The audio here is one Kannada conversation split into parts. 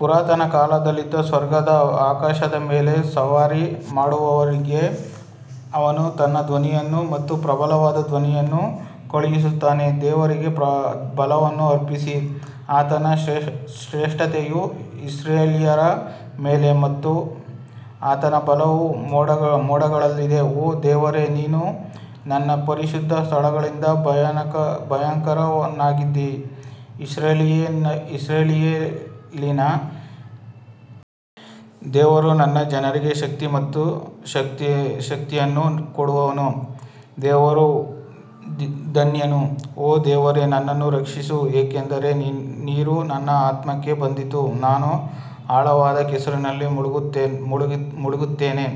ಪುರಾತನ ಕಾಲದಲ್ಲಿದ್ದ ಸ್ವರ್ಗದ ಆಕಾಶದ ಮೇಲೆ ಸವಾರಿ ಮಾಡುವವನಿಗೆ ಅವನು ತನ್ನ ಧ್ವನಿಯನ್ನು ಮತ್ತು ಪ್ರಬಲವಾದ ಧ್ವನಿಯನ್ನು ಕಳುಹಿಸುತ್ತಾನೆ ದೇವರಿಗೆ ಬಲವನ್ನು ಅರ್ಪಿಸಿರಿ, ಆತನ ಶ್ರೇಷ್ಠತೆಯು ಇಸ್ರಾಯೇಲ್ಯರ ಮೇಲೆ ಮತ್ತು ಆತನ ಬಲವು ಮೋಡಗಳಲ್ಲಿದೆ ಓ ದೇವರೇ ನೀನು ನಿನ್ನ ಪರಿಶುದ್ಧ ಸ್ಥಳಗಳಿಂದ ಭಯಂಕರನಾಗಿದ್ದೀ, ಇಸ್ರಾಯೇಲಿನ ದೇವರು ತನ್ನ ಜನರಿಗೆ ಶಕ್ತಿ ಮತ್ತು ಶಕ್ತಿಯನ್ನು ಕೊಡುವವನು ದೇವರು ಧನ್ಯನು ಓ ದೇವರೇ ನನ್ನನ್ನು ರಕ್ಷಿಸು, ಏಕೆಂದರೆ ನೀರು ನನ್ನ ಆತ್ಮಕ್ಕೆ ಬಂದಿತು ನಾನು ಆಳವಾದ ಕೆಸರಿನಲ್ಲಿ ಮುಳುಗುತ್ತೇನೆ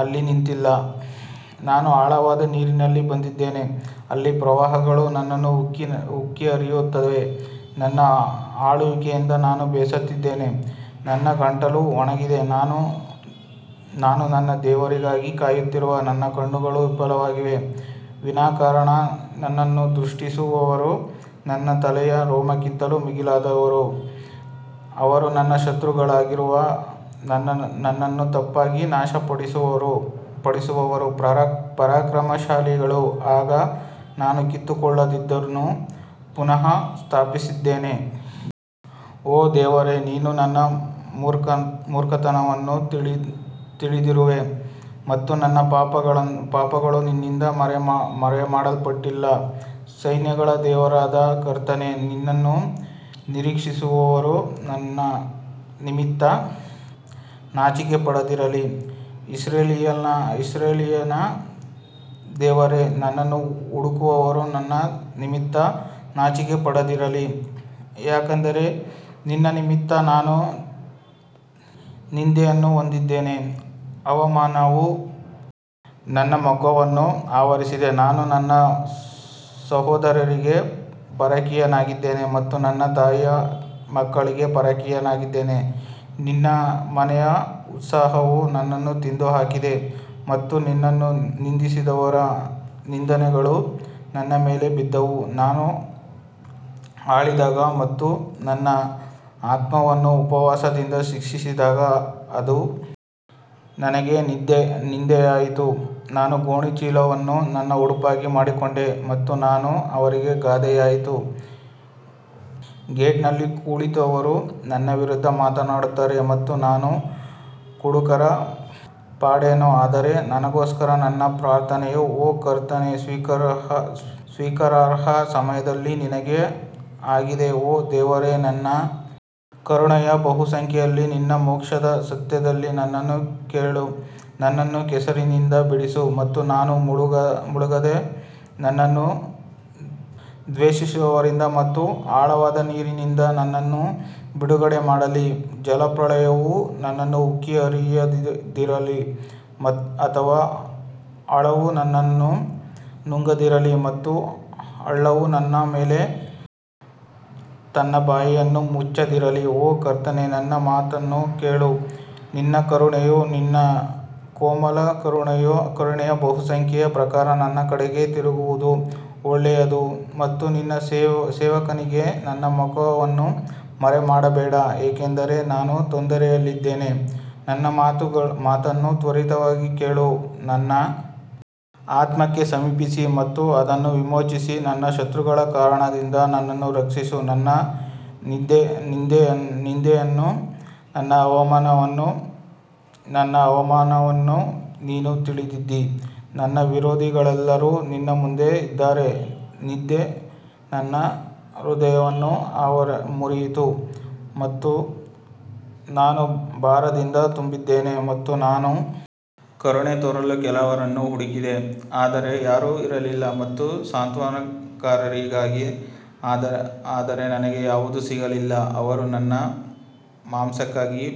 ಅಲ್ಲಿ ನಿಂತಿಲ್ಲ, ನಾನು ಆಳವಾದ ನೀರಿನಲ್ಲಿ ಬಂದಿದ್ದೇನೆ, ಅಲ್ಲಿ ಪ್ರವಾಹಗಳು ನನ್ನನ್ನು ಉಕ್ಕಿ ಹರಿಯುತ್ತವೆ ನನ್ನ ಅಳುವಿಕೆಯಿಂದ ನಾನು ಬೇಸತ್ತಿದ್ದೇನೆ, ನನ್ನ ಗಂಟಲು ಒಣಗಿದೆ, ನಾನು ನನ್ನ ದೇವರಿಗಾಗಿ ಕಾಯುತ್ತಿರುವಾಗ ನನ್ನ ಕಣ್ಣುಗಳು ವಿಫಲವಾಗಿವೆ ವಿನಾಕಾರಣ ನನ್ನನ್ನು ದ್ವೇಷಿಸುವವರು ನನ್ನ ತಲೆಯ ರೋಮಕ್ಕಿಂತಲೂ ಮಿಗಿಲಾದವರು, ಅವರು ನನ್ನ ಶತ್ರುಗಳಾಗಿರುವ ನನ್ನನ್ನು ತಪ್ಪಾಗಿ ನಾಶಪಡಿಸುವವರು ಪರಾಕ್ರಮಶಾಲಿಗಳು ಆಗ ನಾನು ಕಿತ್ತುಕೊಳ್ಳದಿದ್ದನ್ನು ಪುನಃಸ್ಥಾಪಿಸಿದ್ದೇನೆ. ಓ ದೇವರೇ ನೀನು ನನ್ನ ಮೂರ್ಖತನವನ್ನು ತಿಳಿದಿರುವೆ ಮತ್ತು ನನ್ನ ಪಾಪಗಳು ನಿನ್ನಿಂದ ಮರೆಮಾಡಲ್ಪಟ್ಟಿಲ್ಲ ಸೈನ್ಯಗಳ ದೇವರಾದ ಕರ್ತನೇ, ನಿನ್ನನ್ನು ನಿರೀಕ್ಷಿಸುವವರು ನನ್ನ ನಿಮಿತ್ತ ನಾಚಿಕೆಪಡದಿರಲಿ, ಇಸ್ರಾಯೇಲಿನ ದೇವರೇ, ನಿನ್ನನ್ನು ಹುಡುಕುವವರು ನನ್ನ ನಿಮಿತ್ತ ನಾಚಿಕೆಪಡದಿರಲಿ. ಯಾಕಂದರೆ ನಿನ್ನ ನಿಮಿತ್ತ ನಾನು ನಿಂದೆಯನ್ನು ಹೊಂದಿದ್ದೇನೆ, ಅವಮಾನವು ನನ್ನ ಮುಖವನ್ನು ಆವರಿಸಿದೆ ನಾನು ನನ್ನ ಸಹೋದರರಿಗೆ ಪರಕೀಯನಾಗಿದ್ದೇನೆ ಮತ್ತು ನನ್ನ ತಾಯಿಯ ಮಕ್ಕಳಿಗೆ ಪರಕೀಯನಾಗಿದ್ದೇನೆ ನಿನ್ನ ಮನೆಯ ಉತ್ಸಾಹವು ನನ್ನನ್ನು ತಿಂದು ಹಾಕಿದೆ ಮತ್ತು ನಿನ್ನನ್ನು ನಿಂದಿಸಿದವರ ನಿಂದೆಗಳು ನನ್ನ ಮೇಲೆ ಬಿದ್ದವು ನಾನು ಅಳಿದಾಗ ಮತ್ತು ನನ್ನ ಆತ್ಮವನ್ನು ಉಪವಾಸದಿಂದ ಶಿಕ್ಷಿಸಿದಾಗ ಅದು ನನಗೆ ನಿಂದೆಯಾಯಿತು ನಾನು ಗೋಣಿಚೀಲವನ್ನು ನನ್ನ ಉಡುಪಾಗಿ ಮಾಡಿಕೊಂಡೆ ಮತ್ತು ನಾನು ಅವರಿಗೆ ಗಾದೆಯಾಯಿತು ಗೇಟ್ನಲ್ಲಿ ಕುಳಿತವರು ನನ್ನ ವಿರುದ್ಧ ಮಾತನಾಡುತ್ತಾರೆ ಮತ್ತು ನಾನು ಕುಡುಕರ ಪಾಡೇನು ಆದರೆ ನನಗೋಸ್ಕರ ನನ್ನ ಪ್ರಾರ್ಥನೆಯು ಓ ಕರ್ತನೇ ಸ್ವೀಕಾರಾರ್ಹ ಸಮಯದಲ್ಲಿ ನಿನಗೆ ಆಗಿದೆ ಓ ದೇವರೇ ನಿನ್ನ ಕರುಣೆಯ ಬಹುಸಂಖ್ಯೆಯಲ್ಲಿ ನಿನ್ನ ಮೋಕ್ಷದ ಸತ್ಯದಲ್ಲಿ ನನ್ನನ್ನು ಕೇಳು ನನ್ನನ್ನು ಕೆಸರಿನಿಂದ ಬಿಡಿಸು ಮತ್ತು ನಾನು ಮುಳುಗದೆ ನನ್ನನ್ನು ದ್ವೇಷಿಸುವವರಿಂದ ಮತ್ತು ಆಳವಾದ ನೀರಿನಿಂದ ನನ್ನನ್ನು ಬಿಡುಗಡೆ ಮಾಡಲಿ ಜಲಪ್ರಳಯವು ನನ್ನನ್ನು ಉಕ್ಕಿ ಹರಿಯದಿರಲಿ ಅಥವಾ ಆಳವು ನನ್ನನ್ನು ನುಂಗದಿರಲಿ ಮತ್ತು ಹಳ್ಳವು ನನ್ನ ಮೇಲೆ ತನ್ನ ಬಾಯಿಯನ್ನು ಮುಚ್ಚದಿರಲಿ ಓ ಕರ್ತನೇ ನನ್ನ ಮಾತನ್ನು ಕೇಳು ನಿನ್ನ ಕರುಣೆಯು ನಿನ್ನ ಕೋಮಲ ಕರುಣೆಯ ಬಹುಸಂಖ್ಯೆಯ ಪ್ರಕಾರ ನನ್ನ ಕಡೆಗೆ ತಿರುಗುವುದು ಒಳ್ಳೆಯದು ಮತ್ತು ನಿನ್ನ ಸೇವಕನಿಗೆ ನಿನ್ನ ಮುಖವನ್ನು ಮರೆಮಾಡಬೇಡ ಏಕೆಂದರೆ ನಾನು ತೊಂದರೆಯಲ್ಲಿದ್ದೇನೆ, ನನ್ನ ಮಾತನ್ನು ತ್ವರಿತವಾಗಿ ಕೇಳು ನನ್ನ ಆತ್ಮಕ್ಕೆ ಸಮೀಪಿಸಿ ಮತ್ತು ಅದನ್ನು ವಿಮೋಚಿಸಿ ನನ್ನ ಶತ್ರುಗಳ ಕಾರಣದಿಂದ ನನ್ನನ್ನು ರಕ್ಷಿಸು ನನ್ನ ನಿಂದೆಯನ್ನೂ ನನ್ನ ಅವಮಾನವನ್ನೂ ನನ್ನ ಅವಮಾನವನ್ನೂ ನೀನು ತಿಳಿದಿದ್ದೀ ನನ್ನ ವಿರೋಧಿಗಳೆಲ್ಲರೂ ನಿನ್ನ ಮುಂದೆ ಇದ್ದಾರೆ ನಿಂದೆ ನನ್ನ ಹೃದಯವನ್ನು ಮುರಿಯಿತು ಮತ್ತು ನಾನು ಭಾರದಿಂದ ತುಂಬಿದ್ದೇನೆ ಮತ್ತು ನಾನು ಕರುಣೆ ತೋರಲು ಕೆಲವರನ್ನು ಹುಡುಕಿದೆ ಆದರೆ ಯಾರೂ ಇರಲಿಲ್ಲ ಮತ್ತು ಸಾಂತ್ವನಕಾರರಿಗಾಗಿ ಆದರೆ ನನಗೆ ಯಾವುದೂ ಸಿಗಲಿಲ್ಲ ಅವರು ನನ್ನ ಮಾಂಸಕ್ಕಾಗಿ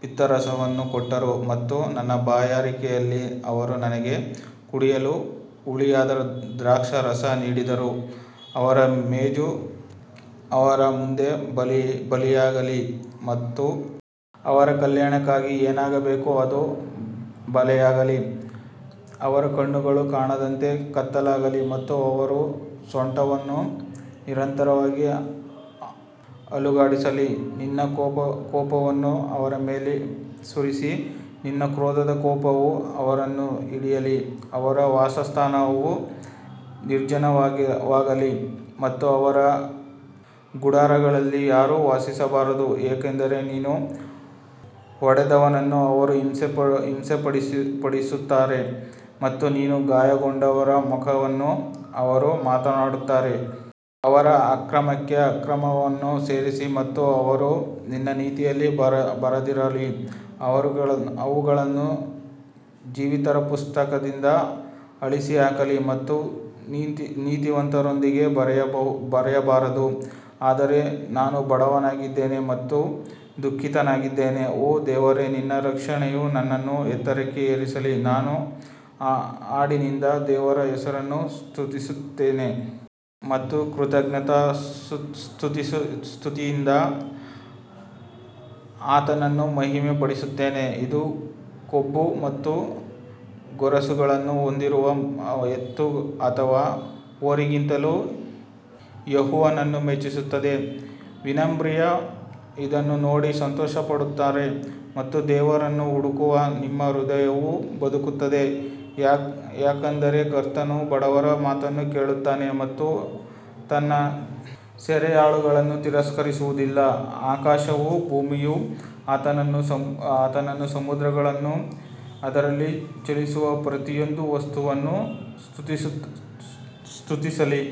ಪಿತ್ತರಸವನ್ನೂ ಕೊಟ್ಟರು ಮತ್ತು ನನ್ನ ಬಾಯಾರಿಕೆಯಲ್ಲಿ ಅವರು ನನಗೆ ಕುಡಿಯಲು ಹುಳಿಯಾದ ದ್ರಾಕ್ಷಾರಸ ನೀಡಿದರು ಅವರ ಮೇಜು ಅವರ ಮುಂದೆ ಬಲೆಯಾಗಲಿ ಮತ್ತು ಅವರ ಕಲ್ಯಾಣಕ್ಕಾಗಿ ಏನಾಗಬೇಕೋ ಅದು ಬಲೆಯಾಗಲಿ ಅವರ ಕಣ್ಣುಗಳು ಕಾಣದಂತೆ ಕತ್ತಲಾಗಲಿ ಮತ್ತು ಅವರ ಸೊಂಟವನ್ನು ನಿರಂತರವಾಗಿ ಅಲುಗಾಡಿಸಲಿ ನಿನ್ನ ಕೋಪವನ್ನು ಅವರ ಮೇಲೆ ಸುರಿಸಿ ನಿನ್ನ ಕ್ರೋಧದ ಕೋಪವು ಅವರನ್ನು ಹಿಡಿಯಲಿ ಅವರ ವಾಸಸ್ಥಾನವು ನಿರ್ಜನವಾಗಲಿ ಮತ್ತು ಅವರ ಗುಡಾರಗಳಲ್ಲಿ ಯಾರೂ ವಾಸಿಸಬಾರದು ಯಾಕಂದರೆ ನೀನು ಹೊಡೆದವನನ್ನು ಅವರು ಹಿಂಸೆಪಡಿಸುತ್ತಾರೆ ಮತ್ತು ನೀನು ಗಾಯಗೊಂಡವರ ದುಃಖವನ್ನು ಅವರು ಮಾತನಾಡುತ್ತಾರೆ. ಅವರ ಅಕ್ರಮಕ್ಕೆ ಅಕ್ರಮವನ್ನು ಸೇರಿಸಿ ಮತ್ತು ಅವರು ನಿನ್ನ ನೀತಿಯಲ್ಲಿ ಬರದಿರಲಿ ಅವುಗಳನ್ನು ಜೀವಿತರ ಪುಸ್ತಕದಿಂದ ಅಳಿಸಿಹಾಕಲಿ ಮತ್ತು ನೀತಿವಂತರೊಂದಿಗೆ ಬರೆಯಬಾರದು ಆದರೆ ನಾನು ಬಡವನಾಗಿದ್ದೇನೆ ಮತ್ತು ದುಃಖಿತನಾಗಿದ್ದೇನೆ, ಓ ದೇವರೇ ನಿನ್ನ ರಕ್ಷಣೆಯು ನನ್ನನ್ನು ಎತ್ತರಕ್ಕೆ ಏರಿಸಲಿ ನಾನು ಹಾಡಿನಿಂದ ದೇವರ ಹೆಸರನ್ನು ಸ್ತುತಿಸುತ್ತೇನೆ ಮತ್ತು ಕೃತಜ್ಞತಾಸ್ತುತಿಯಿಂದ ಆತನನ್ನು ಮಹಿಮೆಪಡಿಸುತ್ತೇನೆ ಇದು ಕೊಂಬು ಮತ್ತು ಗೊರಸುಗಳನ್ನು ಹೊಂದಿರುವ ಎತ್ತು ಅಥವಾ ಹೋರಿಗಿಂತಲೂ ಯೆಹೋವನನ್ನು ಮೆಚ್ಚಿಸುತ್ತದೆ ವಿನಮ್ರರು ಇದನ್ನು ನೋಡಿ ಸಂತೋಷಪಡುತ್ತಾರೆ ಮತ್ತು ದೇವರನ್ನು ಹುಡುಕುವ ನಿಮ್ಮ ಹೃದಯವು ಬದುಕುತ್ತದೆ ಯಾಕಂದರೆ ಕರ್ತನು ಬಡವರ ಮಾತನ್ನು ಕೇಳುತ್ತಾನೆ ಮತ್ತು ತನ್ನ ಸೆರೆಯಾಳುಗಳನ್ನು ತಿರಸ್ಕರಿಸುವುದಿಲ್ಲ ಆಕಾಶವೂ ಭೂಮಿಯೂ ಆತನನ್ನು ಸಮುದ್ರಗಳನ್ನೂ ಅದರಲ್ಲಿ ಚಲಿಸುವ ಪ್ರತಿಯೊಂದು ವಸ್ತುವನ್ನೂ ಸ್ತುತಿಸಲಿ.